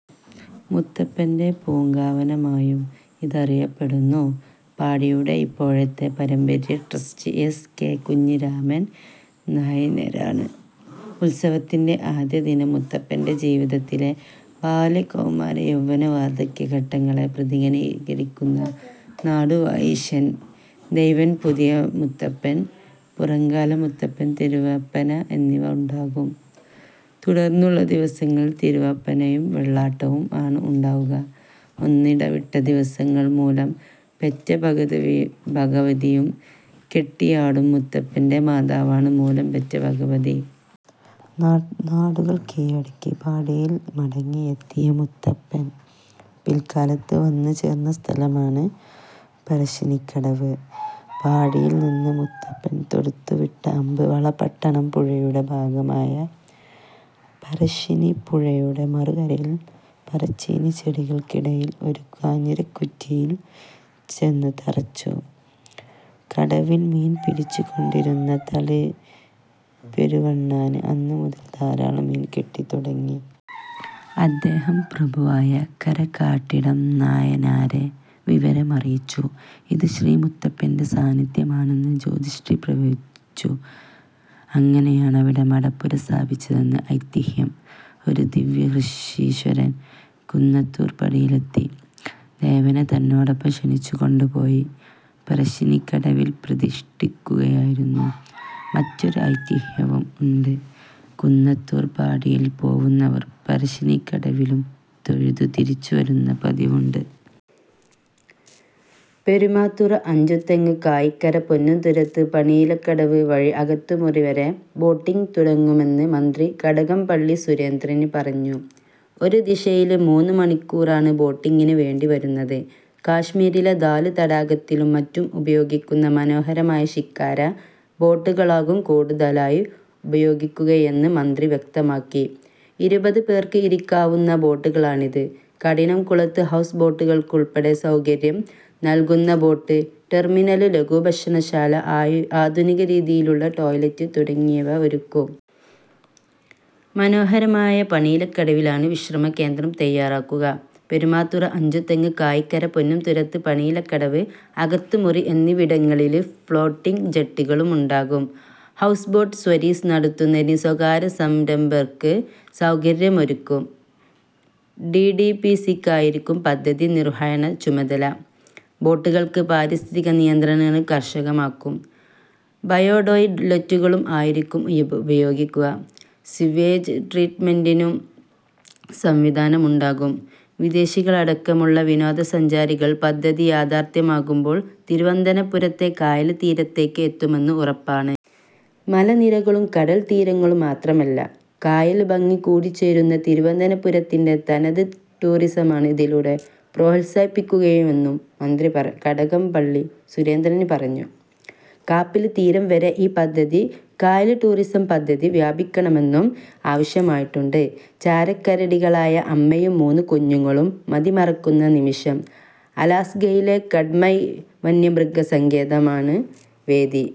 മുത്തപ്പന്റെ പൂങ്കാവനമായും ഇതറിയപ്പെടുന്നു. പാടിയുടെ ഇപ്പോഴത്തെ പാരമ്പര്യട്രസ്റ്റി എസ്. കെ. കുഞ്ഞിരാമൻ നായനാരാണ്. ഉത്സവത്തിന്റെ ആദ്യദിനം മുത്തപ്പന്റെ ജീവിതത്തിലെ ബാല്യ, കൗമാര, യൗവ്വന, വാർധക്യഘട്ടങ്ങളെ പ്രതിനിധീകരിക്കുന്ന നാടുവാഴീശൻ ദൈവം, പുതിയമുത്തപ്പൻ, പുറങ്കാല മുത്തപ്പൻ, തിരുവപ്പന എന്നിവ ഉണ്ടാവും. തുടർന്നുള്ള ദിവസങ്ങളിൽ തിരുവപ്പനയും വെള്ളാട്ടവും ആണ് ഉണ്ടാവുക. ഒന്നിടവിട്ട ദിവസങ്ങളിൽ മൂലംപെറ്റഭഗവതിയും കെട്ടിയാടും. മുത്തപ്പന്റെ മാതാവാണ് മൂലംപെറ്റ ഭഗവതി. നാടുകൾ കീഴടക്കി പാടിയിൽ മടങ്ങിയെത്തിയ മുത്തപ്പൻ പിൽക്കാലത്ത് വന്നുചേർന്ന സ്ഥലമാണ് പറശ്ശിനിക്കടവ്. പാടിയിൽ നിന്ന് മുത്തപ്പൻ തൊടുത്തുവിട്ട അമ്പ് വളപട്ടണം പുഴയുടെ ഭാഗമായ പറശ്ശിനി പുഴയുടെ മറുകരയിൽ പറച്ചീനി ചെടികൾക്കിടയിൽ ഒരു കാഞ്ഞിരക്കുറ്റിയിൽ ചെന്നു തറച്ചു. കടവിൽ മീൻ പിടിച്ചുകൊണ്ടിരുന്ന തളിപെരുവണ്ണാന് അന്നു മുതൽ ധാരാളം മീൻ കിട്ടിത്തുടങ്ങി. അദ്ദേഹം പ്രഭുവായ കരക്കാട്ടിടം നായനാരെ വിവരമറിയിച്ചു. ഇത് ശ്രീമുത്തപ്പന്റെ സാന്നിധ്യമാണെന്ന് ജ്യോതിഷി പ്രവചിച്ചു. അങ്ങനെയാണവിടെ മടപ്പുര സ്ഥാപിച്ചതെന്നാണ് ഐതിഹ്യം. ഒരു ദിവ്യഋഷീശ്വരൻ കുന്നത്തൂർ പാടിയിലെത്തി ദേവനെ തന്നോടൊപ്പം ക്ഷണിച്ചുകൊണ്ടുപോയി പറശ്ശിനിക്കടവിൽ പ്രതിഷ്ഠിക്കുകയായിരുന്നെന്ന് മറ്റൊരു ഐതിഹ്യവും ഉണ്ട്. കുന്നത്തൂർ പാടിയിൽ പോവുന്നവർ പറശ്ശിനിക്കടവിലും തൊഴുതു തിരിച്ചുവരുന്ന പതിവുണ്ട്. പെരുമാതുറ, അഞ്ചുതെങ്ങ്, കായിക്കര, പൊന്നുംതുരുത്ത്, പണയില്കടവ് വഴി അകത്തുമുറി വരെ ബോട്ടിംഗ് തുടങ്ങുമെന്ന് മന്ത്രി കടകംപള്ളി സുരേന്ദ്രന് പറഞ്ഞു. ഒരു ദിശയില് മൂന്ന് മണിക്കൂറാണ് ബോട്ടിങ്ങിന് വേണ്ടിവരുന്നത്. കശ്മീരിലെ ദാല് തടാകത്തിലും മറ്റും ഉപയോഗിക്കുന്ന മനോഹരമായ ഷിക്കാര ബോട്ടുകളാകും കൂടുതലായി ഉപയോഗിക്കുകയെന്ന് മന്ത്രി വ്യക്തമാക്കി. ഇരുപത് പേര്ക്ക് ഇരിക്കാവുന്ന ബോട്ടുകളാണിത്. കഠിനംകുളത്ത് ഹൗസ് ബോട്ടുകള്ക്ക് ഉള്പ്പെടെ സൗകര്യം നല്കുന്ന ബോട്ട് ടെര്മിനല്, ലഘുഭക്ഷണശാല, ആധുനികരീതിയിലുള്ള ടോയ്ലറ്റ് തുടങ്ങിയവ ഒരുക്കും. മനോഹരമായ പണയില്കടവിലാണ് വിശ്രമകേന്ദ്രം തയ്യാറാക്കുക. പെരുമാതുറ, അഞ്ചുതെങ്ങ്, കായിക്കര, പൊന്നുംതുരുത്ത്, പണയില്കടവ്, അകത്തുമുറി എന്നിവിടങ്ങളില് ഫ്ളോട്ടിങ് ജട്ടികളുമുണ്ടാകും. ഹൗസ്ബോട്ട് സര്വീസ് നടത്തുന്നതിന് സ്വകാര്യസംരംഭകര്ക്ക് സൗകര്യമൊരുക്കും. ഡിടിപിസിക്കായിരിക്കും പദ്ധതി നിര്വഹണ ചുമതല. ബോട്ടുകള്ക്ക് പാരിസ്ഥിതിക നിയന്ത്രണങ്ങള് കര്ശനമാക്കും. ബയോടോയ് ലറ്റുകള് ആയിരിക്കും ഉപയോഗിക്കുക. സ്വീവേജ് ട്രീറ്റ്മെന്റിനും സംവിധാനമുണ്ടാകും. വിദേശികളടക്കമുള്ള വിനോദസഞ്ചാരികള് പദ്ധതി യാഥാര്ത്ഥ്യമാകുമ്പോള് തിരുവനന്തപുരത്തെ കായല് തീരത്തേക്ക് എത്തുമെന്ന് ഉറപ്പാണ്. മലനിരകളും, കടല്തീരങ്ങളും മാത്രമല്ല കായല് ഭംഗി കൂടി ചേരുന്ന തിരുവനന്തപുരത്തിന്റെ തനത് ടൂറിസമാണ് ഇതിലൂടെ പ്രോത്സാഹിപ്പിക്കുകയെന്നും മന്ത്രി കടകംപള്ളി സുരേന്ദ്രന് പറഞ്ഞു. കാപ്പില് തീരം വരെ ഈ കായല്ടൂറിസം പദ്ധതി വ്യാപിപ്പിക്കണമെന്നും ആവശ്യമുയര്ന്നിട്ടുണ്ട്. ചാരക്കരടികളായ അമ്മയും മൂന്ന് കുഞ്ഞുങ്ങളും മതിമറക്കുന്ന നിമിഷം. അലാസ്കയിലെ കട്മൈ വന്യമൃഗസങ്കേതമാണ് വേദി.